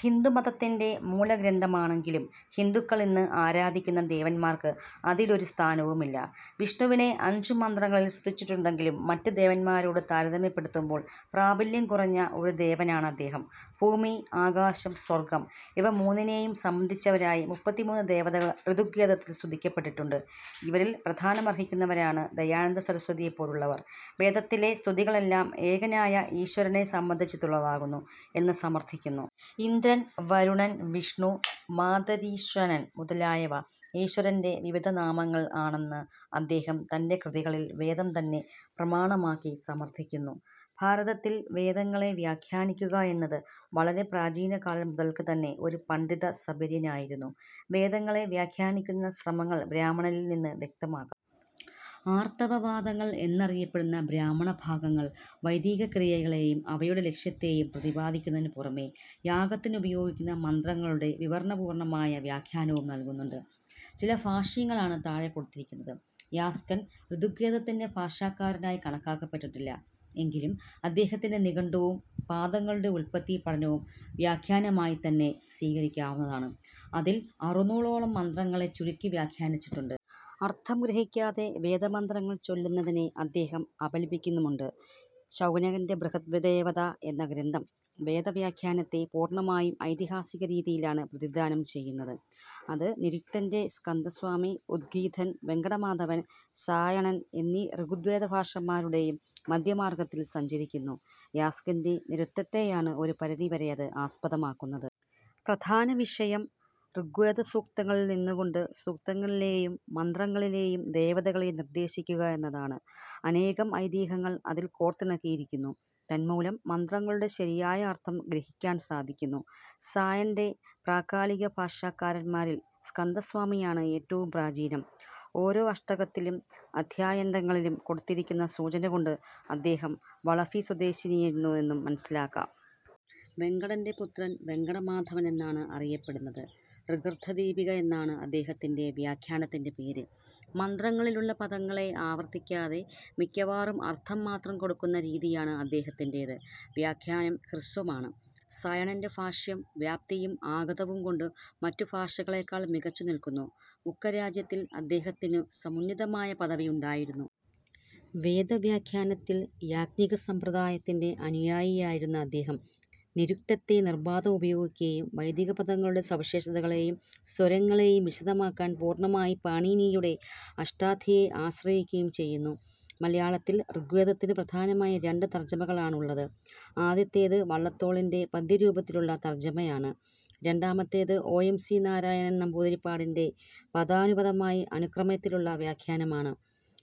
ഹിന്ദുമതത്തിൻ്റെ മൂലഗ്രന്ഥമാണെങ്കിലും ഹിന്ദുക്കൾ ഇന്ന് ആരാധിക്കുന്ന ദേവന്മാർക്ക് അതിൽ ഒരു സ്ഥാനവുമില്ല. വിഷ്ണുവിനെ അഞ്ചു മന്ത്രങ്ങളിൽ സ്തുതിച്ചിട്ടുണ്ടെങ്കിലും മറ്റ് ദേവൻമാരോടു താരതമ്യപ്പെടുത്തുമ്പോൾ പ്രാബല്യം കുറഞ്ഞ ഒരു ദേവനാണ് അദ്ദേഹം. ഭൂമി, ആകാശം, സ്വർഗം ഇവ മൂന്നിനെ സംബന്ധിച്ചവരായി മുപ്പത്തിമൂന്ന് ദേവതകൾ ഋഗ്വേദത്തിൽ സ്തുതിക്കപ്പെട്ടിട്ടുണ്ട്. ഇവരിൽ പ്രാധാന്യമർഹിക്കുന്നവരാണ് ദയാനന്ദ സരസ്വതിയെ പോലുള്ളവർ വേദത്തിലെ സ്തുതികളെല്ലാം ഏകനായ ഈശ്വരനെ സംബന്ധിച്ചുള്ളതാകുന്നു എന്നു സമർത്ഥിക്കുന്നു. ഇന്ദ്രൻ, വരുണൻ, വിഷ്ണു, മാതരിശ്വാനൻ മുതലായവ ഈശ്വരൻ്റെ വിവിധ നാമങ്ങൾ ആണെന്ന് അദ്ദേഹം തൻ്റെ കൃതികളിൽ വേദം തന്നെ പ്രമാണമാക്കി സമർത്ഥിക്കുന്നു. ഭാരതത്തിൽ വേദങ്ങളെ വ്യാഖ്യാനിക്കുക എന്നത് വളരെ പ്രാചീന കാലം മുതൽക്ക് തന്നെ ഒരു പണ്ഡിത സപര്യയായിരുന്നു. വേദങ്ങളെ വ്യാഖ്യാനിക്കുന്ന ശ്രമങ്ങൾ ബ്രാഹ്മണങ്ങളിൽ നിന്ന് വ്യക്തമാക്കാം. അർത്തവവാദങ്ങൾ എന്നറിയപ്പെടുന്ന ബ്രാഹ്മണഭാഗങ്ങൾ വൈദികക്രിയകളേയും അവയുടെ ലക്ഷ്യത്തേയും പ്രതിപാദിക്കുന്നതിനു പുറമേ യാഗത്തിനുപയോഗിക്കുന്ന മന്ത്രങ്ങളുടെ വിവരണപൂർവ്വമായ വ്യാഖ്യാനവും നൽകുന്നുണ്ട്. ചില ഭാഷ്യങ്ങളാണ് താഴെ കൊടുത്തിരിക്കുന്നത്. യാസ്കൻ ഋഗ്വേദത്തിൻ്റെ ഭാഷ്യാകാരനായി കണക്കാക്കപ്പെട്ടിട്ടില്ല. എങ്കിലും അദ്ദേഹത്തിൻ്റെ നിഘണ്ടുവും പദങ്ങളുടെ ഉല്പത്തി പഠനവും വ്യാഖ്യാനമായിതന്നെ സ്വീകരിക്കാവുന്നതാണ്. അതിൽ അറുന്നൂറോളം മന്ത്രങ്ങളെ ചുരുക്കി വ്യാഖ്യാനിച്ചിട്ടുണ്ട്. അർത്ഥം ഗ്രഹിക്കാതെ വേദമന്ത്രങ്ങൾ ചൊല്ലുന്നതിനെ അദ്ദേഹം അപലപിക്കുന്നുമുണ്ട്. ശൗനകൻ്റെ ബൃഹദ് ദേവദ എന്ന ഗ്രന്ഥം വേദവ്യാഖ്യാനത്തെ പൂർണ്ണമായും ഐതിഹാസിക രീതിയിലാണ് പ്രതിനിധാനം ചെയ്യുന്നത്. അത് നിരുക്തത്തിൻ്റേയും, സ്കന്ദസ്വാമി, ഉദ്ഗീഥൻ, വെങ്കടമാധവൻ, സായണൻ എന്നീ ഋഗ്വേദഭാഷ്യാകാരന്മാരുടേയും മദ്ധ്യമാർഗ്ഗത്തിൽ സഞ്ചരിക്കുന്നു. യാസ്കൻ്റെ നിരുക്തത്തെയാണ് ഒരു പരിധിവരെ അത് ആസ്പദമാക്കുന്നത്. പ്രധാനവിഷയം ഋഗ്വേദസൂക്തങ്ങളിൽ നിന്നുകൊണ്ട് സൂക്തങ്ങളിലേയും മന്ത്രങ്ങളിലേയും ദേവതകളെ നിർദ്ദേശിക്കുക എന്നതാണ്. അനേകം ഐതിഹ്യങ്ങൾ അതിൽ കോർത്തിണക്കിയിരിക്കുന്നു. തന്മൂലം മന്ത്രങ്ങളുടെ ശരിയായ അർത്ഥം ഗ്രഹിക്കാൻ സാധിക്കുന്നു. സായണൻ്റെ പ്രക്കാലിക ഭാഷ്യാകാരന്മാരിൽ സ്കന്ദസ്വാമിയാണ് ഏറ്റവും പ്രചീനം. ഓരോ അഷ്ടകത്തിലും അദ്ധ്യായാന്തങ്ങളിലും കൊടുത്തിരിക്കുന്ന സൂചനകൊണ്ട് അദ്ദേഹം വളഭി സ്വദേശിയായിരുന്നു എന്നു മനസ്സിലാക്കാം. വെങ്കടൻ്റെ പുത്രൻ വെങ്കടമാധവൻ എന്നാണ് അറിയപ്പെടുന്നത്. ഋഗർത്ഥദീപിക എന്നാണ് അദ്ദേഹത്തിൻ്റെ വ്യാഖ്യാനത്തിൻ്റെ പേര്. മന്ത്രങ്ങളിലുള്ള പദങ്ങളെ ആവർത്തിക്കാതെ മിക്കവാറും അർത്ഥം മാത്രം കൊടുക്കുന്ന രീതിയാന് അദ്ദേഹത്തിൻ്റേത്. വ്യാഖ്യാനം ഹ്രസ്വമാണ്. സായണൻ്റെ ഭാഷ്യം വ്യാപ്തിയും അഗാധയും കൊണ്ട് മറ്റു ഭാഷ്യങ്ങളേക്കാൾ മികച്ചു നിൽകുന്നു. ബുക്കരാജ്യത്തിൽ അദ്ദേഹത്തിനു സമുന്നതമായ പദവി ഉണ്ടായിരുന്നു. വേദ വ്യാഖ്യാനത്തിൽ യാജ്ഞികസമ്പ്രദായത്തിൻ്റെ അനുയായിയായിരുന്ന അദ്ദേഹം നിരുക്തത്തെ നിർബാധം ഉപയോഗിക്കുകയും വൈദിക പദങ്ങളുടെ സവിശേഷതകളേയും സ്വരങ്ങളേയും വിശദമാക്കാൻ പൂർണ്ണമായി പാണീനിയുടെ അഷ്ടാദ്ധ്യയിയെ ആശ്രയിക്കുകയും ചെയ്യുന്നു. മലയാളത്തിൽ ഋഗ്വേദത്തിന് പ്രധാനമായും രണ്ട് തർജ്ജമകളാണ് ഉള്ളത്. ആദ്യത്തേത് വള്ളത്തോളിൻ്റെ പദ്യരൂപത്തിലുള്ള തർജ്ജമയാണ്. രണ്ടാമത്തേത് ഒ. എം. സി. നാരായണൻ നമ്പൂതിരിപ്പാടിൻ്റെ പദാനുപദമായി അന്വയക്രമത്തിലുള്ള വ്യാഖ്യാനമാണ്.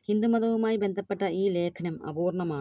ഹിന്ദുമതവുമായി ബന്ധപ്പെട്ട ഈ ലേഖനം അപൂർണ്ണമാണ്.